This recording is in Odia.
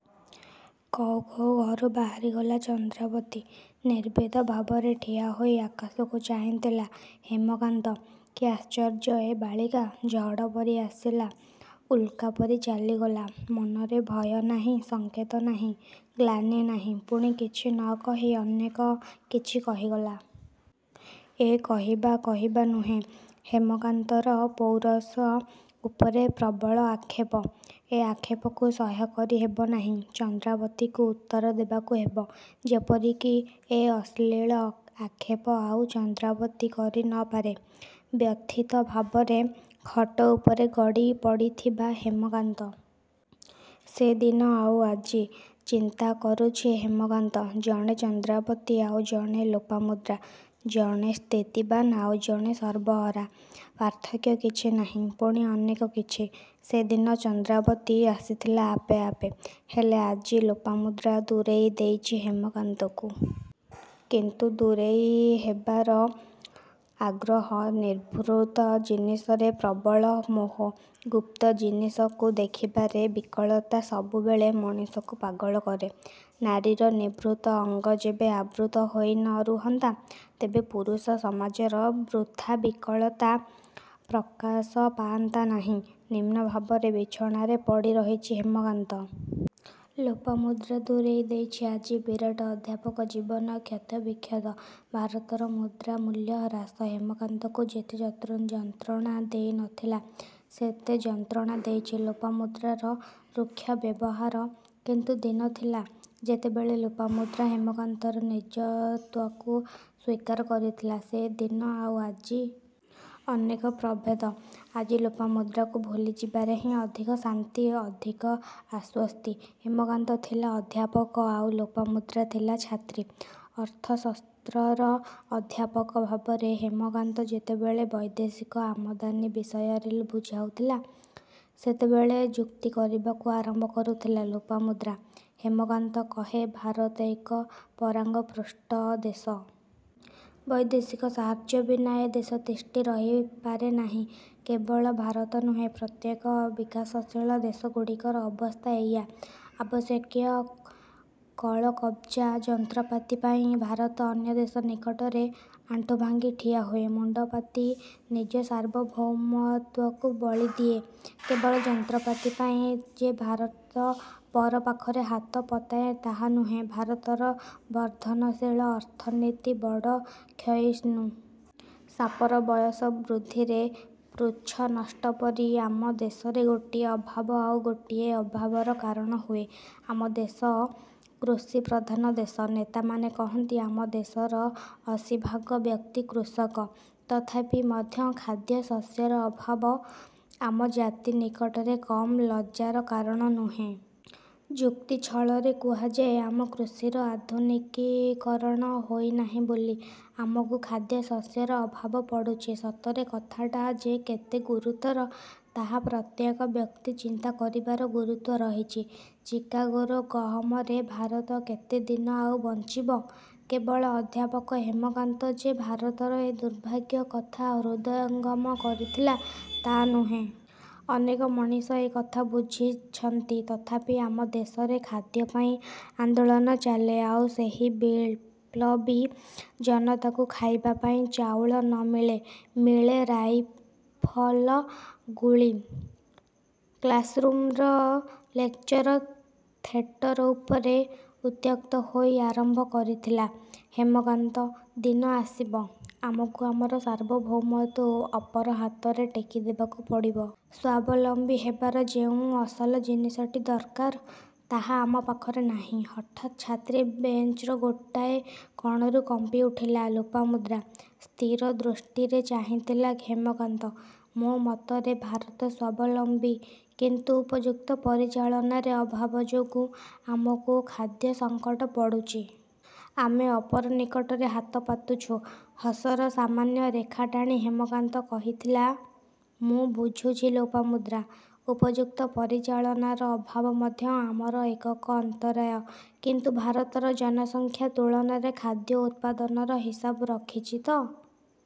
କହୁ କହୁ ଘରୁ ବାହାରିଗଲା ଚନ୍ଦ୍ରାବତୀ। ନିର୍ବେଦ ଭାବରେ ଠିଆ ହୋଇ ଆକାଶକୁ ଚାହିଁଥିଲା ହେମକାନ୍ତ। କି ଆଶ୍ଚର୍ଯ୍ୟ ଏ ବାଳିକା? ଝଡ଼ ପରି ଆସିଲା.. ଉଲ୍କା ପରି ଚାଲିଗଲା। ମନରେ ଭୟ ନାହିଁ, ସଙ୍କୋଚ ନାହିଁ, ଗ୍ଳାନି ନାହିଁ। ପୁଣି କିଛି ନ କହି ଅନେକ କିଛି କହିଗଲା। ଏ କହିବା କହିବା ନୁହେଁ, ହେମକାନ୍ତର ପୌରୁଷ ଉପରେ ପ୍ରବଳ ଆକ୍ଷେପ। ଏ ଆକ୍ଷେପକୁ ସହ୍ୟ କରି ହେବ ନାହିଁ। ଚନ୍ଦ୍ରାବତୀକୁ ଉତ୍ତର ଦେବାକୁ ହେବ। ଯେପରି କି ଏ ଅଶ୍ଳୀଳ ଆକ୍ଷେପ ଆଉ ଚନ୍ଦ୍ରାବତୀ କରି ନ ପାରେ। ବ୍ୟଥିତ ଭାବରେ ଖଟ ଉପରେ ଗଡ଼ି ପଡ଼ିଥିବା ହେମକାନ୍ତ..। ସେ ଦିନ ଆଉ ଆଜି। ଚିନ୍ତା କରୁଛି ହେମକାନ୍ତ। ଜଣେ ଚନ୍ଦ୍ରାବତୀ ଆଉ ଜଣେ ଲୋପାମୁଦ୍ରା, ଜଣେ ସ୍ଥିତିବାନ ଆଉ ଜଣେ ସର୍ବହରା। ପାର୍ଥକ୍ୟ କିଛି ନାହିଁ, ପୁଣି ଅନେକ କିଛି। ସେ ଦିନ ଚନ୍ଦ୍ରାବତୀ ଆସିଥିଲା ଆପେ ଆପେ। ହେଲେ ଆଜି ଲୋପାମୁଦ୍ରା ଦୂରେଇ ଦେଇଛି ହେମକାନ୍ତକୁ। କିନ୍ତୁ ଦୂରେଇ ହେବାରେ ଆଗ୍ରହ। ନିଭୃତ ଜିନିଷରେ ପ୍ରବଳ ମୋହ, ଗୁପ୍ତ ଜିନିଷକୁ ଦେଖିବାରେ ବିକଳତା ସବୁବେଳେ ମଣିଷକୁ ପାଗଳ କରେ। ନାରୀର ନିଭୃତ ଅଙ୍ଗ ଯେବେ ଆବୃତ ହୋଇ ନ ରୁହନ୍ତା ତେବେ ପୁରୁଷ ସମାଜର ବୃଥା ବିକଳତା ପ୍ରକାଶ ପାଆନ୍ତା ନାହିଁ। ନିମ୍ନ ଭାବରେ ବିଛଣାରେ ପଡ଼ି ରହିଛି ହେମକାନ୍ତ। ଲୋପାମୁଦ୍ରା ଦୂରେଇ ଦେଇଛି। ଆଜି ବିରାଟ ଅଧ୍ୟାପକ ଜୀବନ କ୍ଷତବିକ୍ଷତ। ଭାରତର ମୁଦ୍ରାମୂଲ୍ୟ ହ୍ରାସ ହେମକାନ୍ତକୁ ଯେତେ ଯନ୍ତ୍ରଣା ଦେଇ ନ ଥିଲା, ସେତେ ଯନ୍ତ୍ରଣା ଦେଇଛି ଲୋପାମୁଦ୍ରାର ରୁକ୍ଷ ବ୍ୟବହାର। କିନ୍ତୁ ଦିନ ଥିଲା, ଯେତେବେଳେ ଲୋପାମୁଦ୍ରା ହେମକାନ୍ତର ନିଜତ୍ୱକୁ ସ୍ୱୀକାର କରିଥିଲା। ସେ ଦିନ ଆଉ ଆଜି.. ଅନେକ ପ୍ରଭେଦ। ଆଜି ଲୋପାମୁଦ୍ରାକୁ ଭୁଲିଯିବାରେ ହିଁ ଅଧିକ ଶାନ୍ତି, ଅଧିକ ଆଶ୍ୱସ୍ତି। ହେମକାନ୍ତ ଥିଲା ଅଧ୍ୟାପକ ଆଉ ଲୋପାମୁଦ୍ରା ଥିଲା ଛାତ୍ରୀ। ଅର୍ଥଶାସ୍ତ୍ରର ଅଧ୍ୟାପକ ଭାବରେ ହେମକାନ୍ତ ଯେତେବେଳେ ବୈଦେଶିକ ଆମଦାନୀ ବିଷୟରେ ବୁଝାଉଥିଲା-ସେତେବେଳେ ଯୁକ୍ତି କରିବାକୁ ଆରମ୍ଭ କରୁଥିଲା ଲୋପାମୁଦ୍ରା। ହେମକାନ୍ତ କହେ-ଭାରତ ଏକ ପରାଙ୍ଗପୃଷ୍ଟ ଦେଶ। ବୈଦେଶିକ ସାହାର୍ଯ୍ୟ ବିନା ଏ ଦେଶ ତିଷ୍ଠି ରହିପାରେ ନାହିଁ। କେବଳ ଭାରତ ନୁହେଁ-ପ୍ରତ୍ୟେକ ବିକାଶଶୀଳ ଦେଶଗୁଡ଼ିକର ଅବସ୍ଥା ଏଇଆ। ଆବଶ୍ୟକୀୟ କଳକବ୍ଜା, ଯନ୍ତ୍ରପାତି ପାଇଁ ଭାରତ ଅନ୍ୟ ଦେଶ ନିକଟରେ ଆଣ୍ଠୁ ଭାଙ୍ଗି ଠିଆ ହୁଏ। ମୁଣ୍ଡପାତି ନିଜ ସାର୍ବଭୌମତ୍ୱକୁ ବଳିଦିଏ। କେବଳ ଯନ୍ତ୍ରପାତି ପାଇଁ ଯେ ଭାରତ ପର ପାଖରେ ହାତ ପତାଏ ତାହା ନୁହେଁ, ଭାରତର ବର୍ଦ୍ଧନଶୀଳ ଅର୍ଥନୀତି ବଡ଼ କ୍ଷୟିଷ୍ଣୁ। ସାପର ବୟସ ବୃଦ୍ଧିରେ ପୃଚ୍ଛ ନଷ୍ଟ ପରି ଆମ ଦେଶରେ ଗୋଟିଏ ଅଭାବ ଆଉ ଗୋଟିଏ ଅଭାବର କାରଣ ହୁଏ। ଆମ ଦେଶ କୃଷିପ୍ରଧାନ ଦେଶ। ନେତାମାନେ କହନ୍ତି ଆମ ଦେଶର ଅଶୀଭାଗ ବ୍ୟକ୍ତି କୃଷକ। ତଥାପି ମଧ୍ୟ ଖାଦ୍ୟଶସ୍ୟର ଅଭାବ ଆମ ଜାତି ନିକଟରେ କମ୍ ଲଜ୍ଜାର କାରଣ ନୁହେଁ। ଯୁକ୍ତି ଛଳରେ କୁହାଯାଏ-ଆମ କୃଷିର ଆଧୁନିକୀକରଣ ହୋଇ ନାହିଁ ବୋଲି ଆମକୁ ଖାଦ୍ୟଶସ୍ୟର ଅଭାବ ପଡ଼ୁଛି। ସତରେ କଥାଟା ଯେ କେତେ ଗୁରୁତର, ତାହା ପ୍ରତ୍ୟେକ ବ୍ୟକ୍ତି ଚିନ୍ତା କରିବାର ଗୁରୁତ୍ୱ ରହିଛି। ଚିକାଗୋର ଗହମରେ ଭାରତ କେତେ ଦିନ ଆଉ ବଞ୍ଚିବ? କେବଳ ଅଧ୍ୟାପକ ହେମକାନ୍ତ ଯେ ଭାରତର ଏ ଦୁର୍ଭାଗ୍ୟ କଥା ହୃଦୟଙ୍ଗମ କରିଥିଲା ତା' ନୁହେଁ। ଅନେକ ମଣିଷ ଏ କଥା ବୁଝିଛନ୍ତି। ତଥାପି ଆମ ଦେଶରେ ଖାଦ୍ୟପାଇଁ ଆନ୍ଦୋଳନ ଚାଲେ। ଆଉ ସେହି ବିଳ୍ପବୀ ଜନତାକୁ ଖାଇବା ପାଇଁ ଚାଉଳ ନ ମିଳେ, ମିଳେ ରାଇଫଲ୍ର ଗୁଳି। କ୍ଲାସ୍ରୁମର ଲେକ୍ଚର ଥେଟର ଉପରେ ଉତ୍ତ୍ୟକ୍ତ ହୋଇ ଆରମ୍ଭ କରିଥିଲା ହେମକାନ୍ତ- ଦିନ ଆସିବ, ଆମକୁ ଆମର ସାର୍ବଭୌମତ୍ୱ ଅପର ହାତରେ ଟେକିଦେବାକୁ ପଡ଼ିବ। ସ୍ୱାବଲମ୍ବୀ ହେବାର ଯେଉଁ ଅସଲ ଜିନିଷଟି ଦରକାର, ତାହା ଆମ ପାଖରେ ନାହିଁ। ହଠାତ୍ ଛାତ୍ରୀ ବେଞ୍ଚର ଗୋଟାଏ କଣରୁ କମ୍ପି ଉଠିଥିଲା ଲୋପାମୁଦ୍ରା। ସ୍ଥିର ଦୃଷ୍ଟିରେ ଚାହିଁଥିଲା ହେମକାନ୍ତ। -ମୋ ମତରେ ଭାରତ ସ୍ୱାବଲମ୍ବୀ। କିନ୍ତୁ ଉପଯୁକ୍ତ ପରିଚାଳନାରେ ଅଭାବ ଯୋଗୁଁ ଆମକୁ ଖାଦ୍ୟସଙ୍କଟ ପଡ଼ୁଛି। ଆମେ ଅପର ନିକଟରେ ହାତ ପାତୁଛୁ। ହସର ସାମାନ୍ୟ ରେଖା ଟାଣି ହେମକାନ୍ତ କହିଥିଲା ମୁଁ ବୁଝୁଛି ଲୋପମୁଦ୍ରା। ଉପଯୁକ୍ତ ପରିଚାଳନାର ଅଭାବ ମଧ୍ୟ ଆମର ଏକକ ଅନ୍ତରାୟ। କିନ୍ତୁ ଭାରତର ଜନସଂଖ୍ୟା ତୁଳନାରେ ଖାଦ୍ୟ ଉତ୍ପାଦନର ହିସାବ ରଖିଛି ତ?